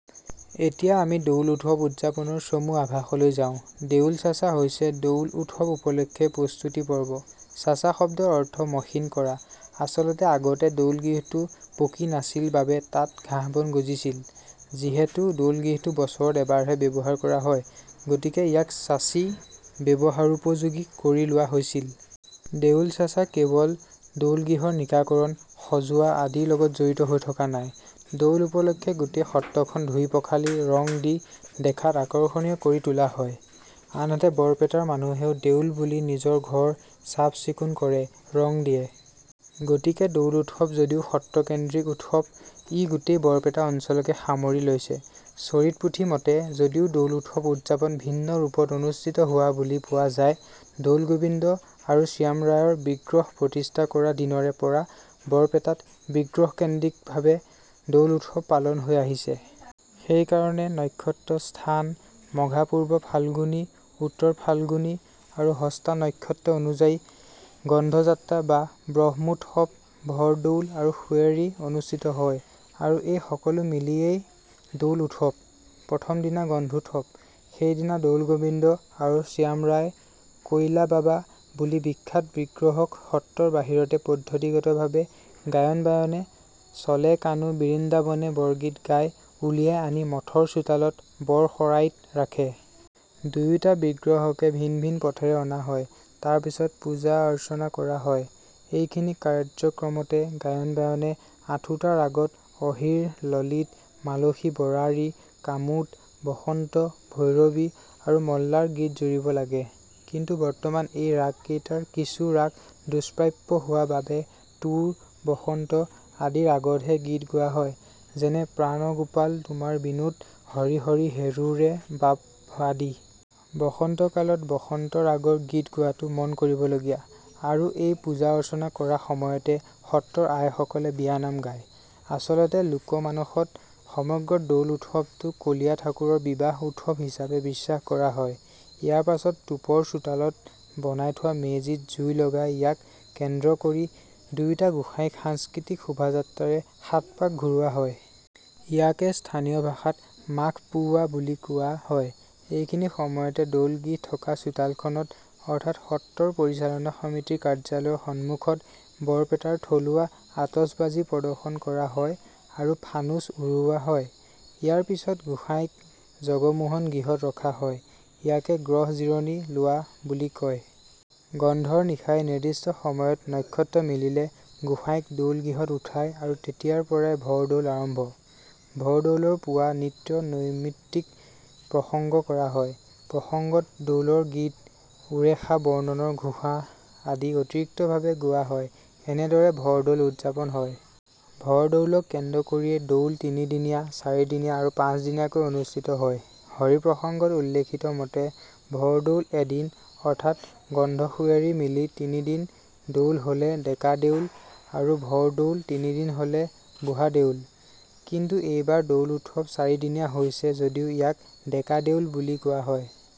এতিয়া আমি দৌল উৎসৱ উদযাপনৰ চমু আভাসলৈ যাওঁ। দেউল চাচা হৈছে দৌল উৎসৱ উপলক্ষে প্ৰস্তুতি পৰ্ব। চাচা শব্দৰ অৰ্থ মসৃণ কৰা। আচলতে আগতে দৌলগৃহটো পকী নাছিল বাবে তাত ঘাঁহ-বন গজিছিল। যিহেতু দৌলগৃহটো বছৰত এবাৰহে ব্যৱহাৰ কৰা হয়, গতিকে ইয়াক চাচি ব্যৱহাৰোপযোগী কৰি লোৱা হৈছিল। দেউল চাচা কেৱল দৌলগৃহৰ নিকাকৰণ, সজোৱা আদিৰ লগত জড়িত হৈ থকা নাই। দৌল উপলক্ষে গোটেই সত্ৰখন ধুই-পখালি ৰং দি দেখাত আকৰ্ষণীয় কৰি তোলা হয়। আনহাতে বৰপেটাৰ মানুহেও দেউল বুলি নিজৰ ঘৰ চাফ-চিকূণ কৰে, ৰং দিয়ে। গতিকে দৌল উৎসৱ যদিও সত্ৰকেন্দ্ৰিক উৎসৱ, ই গোটেই বৰপেটা অঞ্চলকে সামৰি লৈছে। চৰিতপুথি মতে যদিও দৌল উৎসৱ উদযাপন ভিন্ন ৰূপত অনুষ্ঠিত হোৱা বুলি পোৱা যায়, দৌল গোৱিন্দ আৰু শ্যামৰায়ৰ বিগ্ৰহ প্ৰতিষ্ঠা কৰা দিনৰে পৰা বৰপেটাত বিগ্ৰহকেন্দ্ৰিকভাৱে দৌল উৎসৱ পালন হৈ আহিছে। সেইকাৰণে নক্ষত্ৰ স্থান- মঘাপুৰ্ব ফাল্গুনী, উত্তৰ ফাল্গুনী আৰু হস্তা নক্ষত্ৰ অনুযায়ী গন্ধযাত্ৰা বা বহ্নোৎসৱ, ভৰদৌল আৰু সুঁৱেৰী অনুষ্ঠিত হয় আৰু এই সকলো মিলিয়েই দৌল উৎসৱ। প্ৰথম দিনা গন্ধোৎসৱ। সেইদিনা দৌলগোবিন্দ আৰু শ্যামৰায় 'কৈইলা বাবা' বুলি বিখ্যাত বিগ্ৰহক সত্ৰৰ বাহিৰতে পদ্ধতিগতভাৱে গায়ন-বায়নে 'চলে কানু বিৰিন্দাবনে' বৰগীত গাই উলিয়াই আনি মঠৰ চোতালত বৰ শৰাইত ৰাখে। দুয়োটা বিগ্ৰহকে ভিন ভিন পথেৰে অনা হয়। তাৰ পিছত পূজা-অৰ্চনা কৰা হয়। এইখিনি কাৰ্যক্ৰমতে গায়ন-বায়নে আঠোটা ৰাগত অহিৰ, ললিত, মালসী-বৰাড়ী, কামোদ, বসন্ত, ভৈৰৱী আৰু মল্লাৰ গীত জুৰিব লাগে। কিন্তু বৰ্তমান এই ৰাগ কেইটাৰ কিছু ৰাগ দুষ্প্ৰাপ্য হোৱা বাবে তুৰ, বসন্ত আদি ৰাগতহে গীত গোৱা হয়, যেনে- প্ৰাণগোপাল তোমাৰ বিনোদ, হৰি হৰি হেৰোৰে বাপ আদি। বসন্তকালত বসন্ত ৰাগৰ গীত গোৱাতো মনকৰিবলগীয়া। আৰু এই পূজা-অৰ্চনা কৰা সময়তে সত্ৰৰ আইসকলে বিয়া নাম গায়। আচলতে লোকমানসত সমগ্ৰ দৌল উৎসৱটো কলীয়া ঠাকুৰৰ বিবাহ উৎসৱ হিচাপে বিশ্বাস কৰা হয়। ইয়াৰ পাছত টুপৰ চোতালত বনাই থোৱা মেজিত জুই লগাই ইয়াক কেন্দ্ৰ কৰি দুয়োটা গোসাঁইক সাংস্কৃতিক শোভাযাত্ৰাৰে সাতপাক ঘূৰোৱা হয়। ইয়াকে স্থানীয় ভাষাত 'মাঘ পুওৱা' বুলি কোৱা হয়। এইখিনি সময়তে দৌলগৃহ থকা চোতালখনত অৰ্থাৎ সত্ৰৰ পৰিচালনা সমিতিৰ কাৰ্যালয়ৰ সন্মুখত বৰপেটাৰ থলুৱা আতচবাজীৰ প্ৰদৰ্শন কৰা হয় আৰু ফানুচ উৰুওৱা হয়। ইয়াৰ পিছত গোসাঁইক জগমোহন গৃহত ৰখা হয়, ইয়াকে 'গ্ৰহ জিৰণি লোৱা' বুলি কয়। গন্ধৰ নিশাই নিৰ্দিষ্ট সময়ত নক্ষত্ৰ মিলিলে গোসাঁইক দৌলগৃহত উঠায় আৰু তেতিয়াৰ পৰাই ভৰদৌল আৰম্ভ। ভৰদৌলৰ পুৱা নিত্য নৈমিত্তিক প্ৰসংগ কৰা হয়। প্ৰসংগত দৌলৰ গীত, উৰেষা বৰ্ণনৰ ঘোষা আদি অতিৰিক্তভাৱে গোৱা হয়। এনেদৰে ভৰদৌল উদযাপন হয়। ভৰদৌলক কেন্দ্ৰ কৰিয়েই দৌল তিনিদিনীয়া, চাৰিদিনীয়া আৰু পাঁচদিনীয়াকৈ অনুষ্ঠিত হয়। হৰিপ্ৰসংগত উল্লেখিত মতে ভৰদৌল এদিন অৰ্থাৎ গন্ধ-সুঁৱেৰী মিলি তিনিদিন দৌল হ'লে 'ডেকা দেউল' আৰু ভৰদৌল তিনিদিন হ'লে 'বুঢ়া দেউল'। কিন্তু এইবাৰ দৌল উৎসৱ চাৰিদিনীয়া হৈছে যদিও ইয়াক 'ডেকা দেউল' বুলি কোৱা হয়।